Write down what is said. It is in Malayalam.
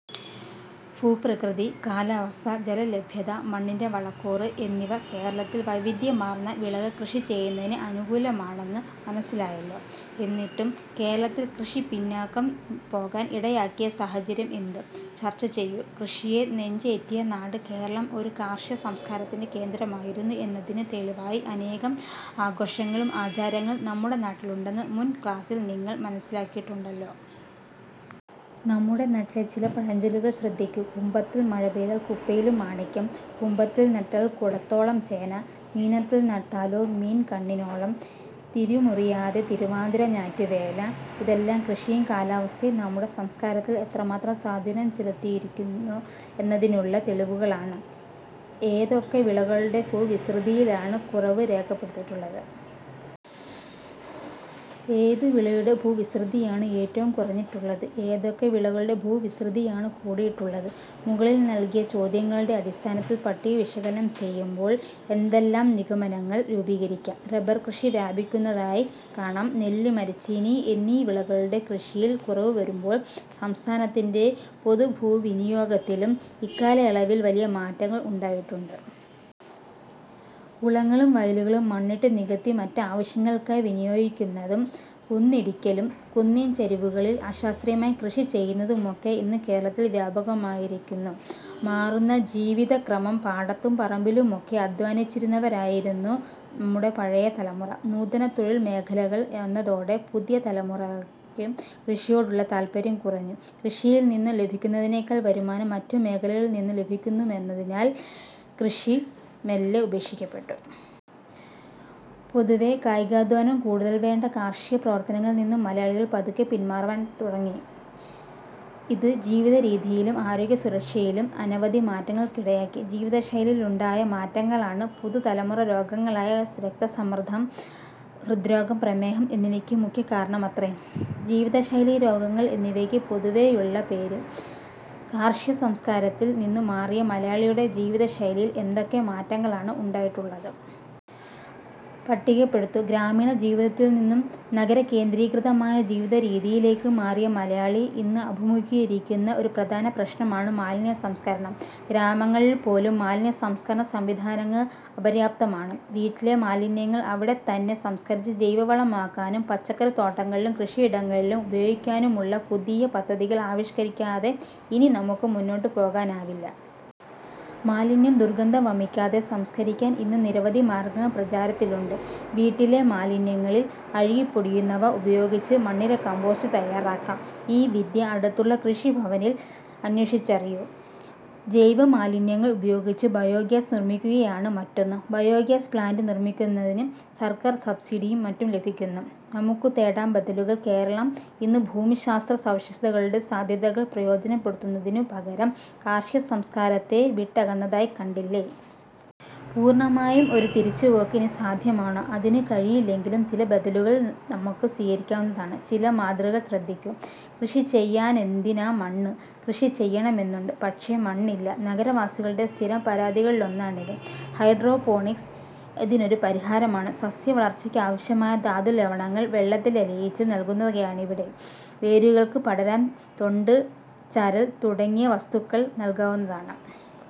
ഭൂപ്രകൃതി, കാലാവസ്ഥ, ജലലഭ്യത, മണ്ണിന്റെ വളക്കൂറ് എന്നിവ കേരളത്തിൽ വൈവിധ്യമാർന്ന വിളകൾ കൃഷി ചെയ്യുന്നതിന് അനുകൂലമാണെന്ന് മനസ്സിലായല്ലോ? എന്നിട്ടും കേരളത്തിൽ കൃഷി പിന്നാക്കം പോകാൻ ഇടയാക്കിയ സാഹചര്യം എന്ത്? ചർച്ച ചെയ്യൂ. കൃഷിയെ നെഞ്ചേറ്റിയ നാട് കേരളം ഒരു കാർഷികസംസ്കാരത്തിന്റെ കേന്ദ്രമായിരുന്നു എന്നതിന് തെളിവായി അനേകം ആഘോഷങ്ങളും ആചാരങ്ങളും നമ്മുടെ നാട്ടിലുണ്ടെന്ന് മുൻ ക്ലാസ്സിൽ നിങ്ങൾ മനസിലാക്കിയിട്ടുണ്ടല്ലോ. നമ്മുടെ നാട്ടിലെ ചില പഴഞ്ചൊല്ലുകൾ ശ്രദ്ധിക്കൂ. ""കുംഭത്തിൽ മഴ പെയ്താൽ കുപ്പയിലും മാണിക്യം', 'കുംഭത്തിൽ നട്ടാൽ കുടത്തോളം ചേന', ""മീനത്തിൽ നട്ടാലോ മീൻ കണ്ണിനോളം', 'തിരിമുറിയാതെ തിരുവാതിര ഞാറ്റുവേല... ' ഇതെല്ലാം കൃഷിയും കാലാവസ്ഥയും നമ്മുടെ സംസ്കാരത്തിൽ എത്രമാത്രം സ്വാധീനം ചെലുത്തിയിരുന്നു എന്നതിനുള്ള തെളിവുകളാണ്. ഏതൊക്കെ വിളകളുടെ ഭൂവിസ്തൃതിയിലാണ് കുറവ് രേഖപ്പെടുത്തിയിട്ടുള്ളത്? ഏതു വിളയുടെ ഭൂവിസ്തൃതിയാണ് ഏറ്റവും കുറഞ്ഞിട്ടുള്ളത്? ഏതൊക്കെ വിളകളുടെ ഭൂവിസ്തൃതിയാണ് കൂടിയിട്ടുള്ളത്? മുകളിൽ നൽകിയ ചോദ്യങ്ങളുടെ അടിസ്ഥാനത്തിൽ പട്ടിക വിശകലനം ചെയ്യുമ്പോൾ എന്തെല്ലാം നിഗമനങ്ങൾ രൂപീകരിക്കാം? റബർകൃഷി വ്യാപിക്കുന്നതായി കാണാം. നെല്ല്, മരച്ചീനി എന്നീ വിളകളുടെ കൃഷിയിൽ കുറവ് വരുമ്പോൾ സംസ്ഥാനത്തിന്റെ പൊതുഭൂവിനിയോഗത്തിലും ഇക്കാലയളവിൽ വലിയ മാറ്റങ്ങൾ ഉണ്ടായിട്ടുണ്ട്. കുളങ്ങളും വയലുകളും മണ്ണിട്ട് നികത്തി മറ്റാവശ്യങ്ങൾക്കായി വിനിയോഗിക്കുന്നതും കുന്നിടിക്കലും കുന്നിൻചരിവുകളിൽ അശാസ്ത്രീയമായി കൃഷി ചെയ്യുന്നതുമൊക്കെ ഇന്ന് കേരളത്തിൽ വ്യാപകമായിരിക്കുന്നു. മാറുന്ന ജീവിതക്രമം പാടത്തും പറമ്പിലുമൊക്കെ അദ്ധ്വാനിച്ചിരുന്നവരായിരുന്നു നമ്മുടെ പഴയ തലമുറ. നൂതന തൊഴിൽ മേഖലകൾ വന്നതോടെ പുതിയ തലമുറയ്ക്ക് കൃഷിയോടുള്ള താത്പര്യം കുറഞ്ഞു. കൃഷിയിൽ നിന്നു ലഭിക്കുന്നതിനേക്കാൾ വരുമാനം മറ്റു മേഖലകളിൽ നിന്നു ലഭിക്കുമെന്നതിനാൽ കൃഷി മെല്ലെ ഉപേക്ഷിക്കപ്പെട്ടു. പൊതുവെ കായികാധ്വാനം കൂടുതൽ വേണ്ട കാർഷിക പ്രവർത്തനങ്ങളിൽ നിന്ന് മലയാളി പതുക്കെ പിൻമാറാൻ തുടങ്ങി. ഇത് ജീവിതരീതിയിലും ആരോഗ്യസുരക്ഷയിലും അനവധി മാറ്റങ്ങൾക്കിടയാക്കി. ജീവിതശൈലിയിലുണ്ടായ മാറ്റങ്ങളാണ് പുതുതലമുറരോഗങ്ങളായ രക്തസമ്മർദ്ദം, ഹൃദ്രോഗം, പ്രമേഹം എന്നിവയ്ക്ക് മുഖ്യ കാരണമത്രേ. ജീവിതശൈലീ രോഗങ്ങൾ എന്നി വയ്ക്ക് പൊതുവെയുള്ള പേര്. കാർഷികസംസ്കാരത്തിൽ നിന്ന് മാറിയ മലയാളിയുടെ ജീവിത ശൈലിയിൽ എന്തൊക്കെ മാറ്റങ്ങളാണ് ഉണ്ടായിട്ടുള്ളത്? പട്ടികപ്പെടുത്തു. ഗ്രാമീണ ജീവിതത്തിൽ നിന്നു നഗരകേന്ദ്രീകൃതമായ ജീവിതരീതിയിലേക്ക് മാറിയ മലയാളി ഇന്ന് അഭിമുഖീകരിക്കുന്ന ഒരു പ്രധാന പ്രശ്നമാണ് മാലിന്യസംസ്കരണം. ഗ്രാമങ്ങളിൽ പോലും മാലിന്യ സംസ്കരണസംവിധാനങ്ങൾ അപര്യാപ്തമാണ്. വീട്ടിലെ മാലിന്യങ്ങൾ അവിടെത്തന്നെ സംസ്കരിച്ച് ജൈവവളമാക്കാനും പച്ചക്കറിത്തോട്ടങ്ങളിലും കൃഷിയിടങ്ങളിലും ഉപയോഗിക്കാനുമുള്ള പുതിയ പദ്ധതികൾ ആവിഷ്ക്കരിക്കാതെ ഇനി നമുക്ക് മുന്നോട്ടു പോകാനാവില്ല. മാലിന്യം ദുർഗന്ധം വമിക്കാതെ സംസ്കരിക്കാൻ ഇന്ന് നിരവധി മാർഗ്ഗങ്ങൾ പ്രചാരത്തിലുണ്ട്. വീട്ടിലെ മാലിന്യങ്ങളിൽ അഴുകിപ്പൊടിയുന്നവ ഉപയോഗിച്ച് മണ്ണിര കമ്പോസ്റ്റ് തയ്യാറാക്കാം. ഈ വിദ്യ അടുത്തുള്ള കൃഷിഭവനിൽ അന്വേഷിച്ചറിയൂ. ജൈവമാലിന്യങ്ങൾ ഉപയോഗിച്ച് ബയോഗ്യാസ് നിർമ്മിക്കുകയാണ് മറ്റൊന്ന്. ബയോഗ്യാസ് പ്ലാന്റ് നിർമ്മിക്കുന്നതിന് സർക്കാർ സബ്സിഡിയും മറ്റും ലഭിക്കുന്നു. നമുക്കുതേടാം ബദലുകൾ കേരളം ഇന്ന് ഭൂമിശാസ്ത്ര സവിശേഷതകളുടെ സാധ്യതകൾ പ്രയോജനപ്പെടുത്തുന്നതിനു പകരം കാർഷിക സംസ്കാരത്തെ വിട്ടകന്നതായി കണ്ടില്ലേ? പൂർണമായും ഒരു തിരിച്ചുപോക്ക് ഇനി സാധ്യമാണോ? അതിനുകഴിയില്ലെങ്കിലും ചില ബദലുകൾ നമുക്ക് സ്വീകരിക്കാവുന്നതാണ്. ചില മാതൃകകൾ ശ്രദ്ധിക്കൂ. കൃഷി ചെയ്യാനെന്തിനാ മണ്ണ് കൃഷി ചെയ്യണമെന്നുണ്ട്, പക്ഷേ മണ്ണില്ല. നഗരവാസികളുടെ സ്ഥിരം പരാതികളിലൊന്നാണിത്. ഹൈഡ്രോ പോണിക്സ് അതിനൊരു പരിഹാരമാണ്. സസ്യവളർച്ചയ്ക്കാവശ്യമായ ധാതുലവണങ്ങൾ വെള്ളത്തിലലിയിച്ച് നൽകുകയാണിവിടെ. വേരുകൾക്ക് പടരാൻ തൊണ്ട്, ചരൽ തുടങ്ങിയ വസ്തു ക്കൾ നൽകാവുന്നതാണ്.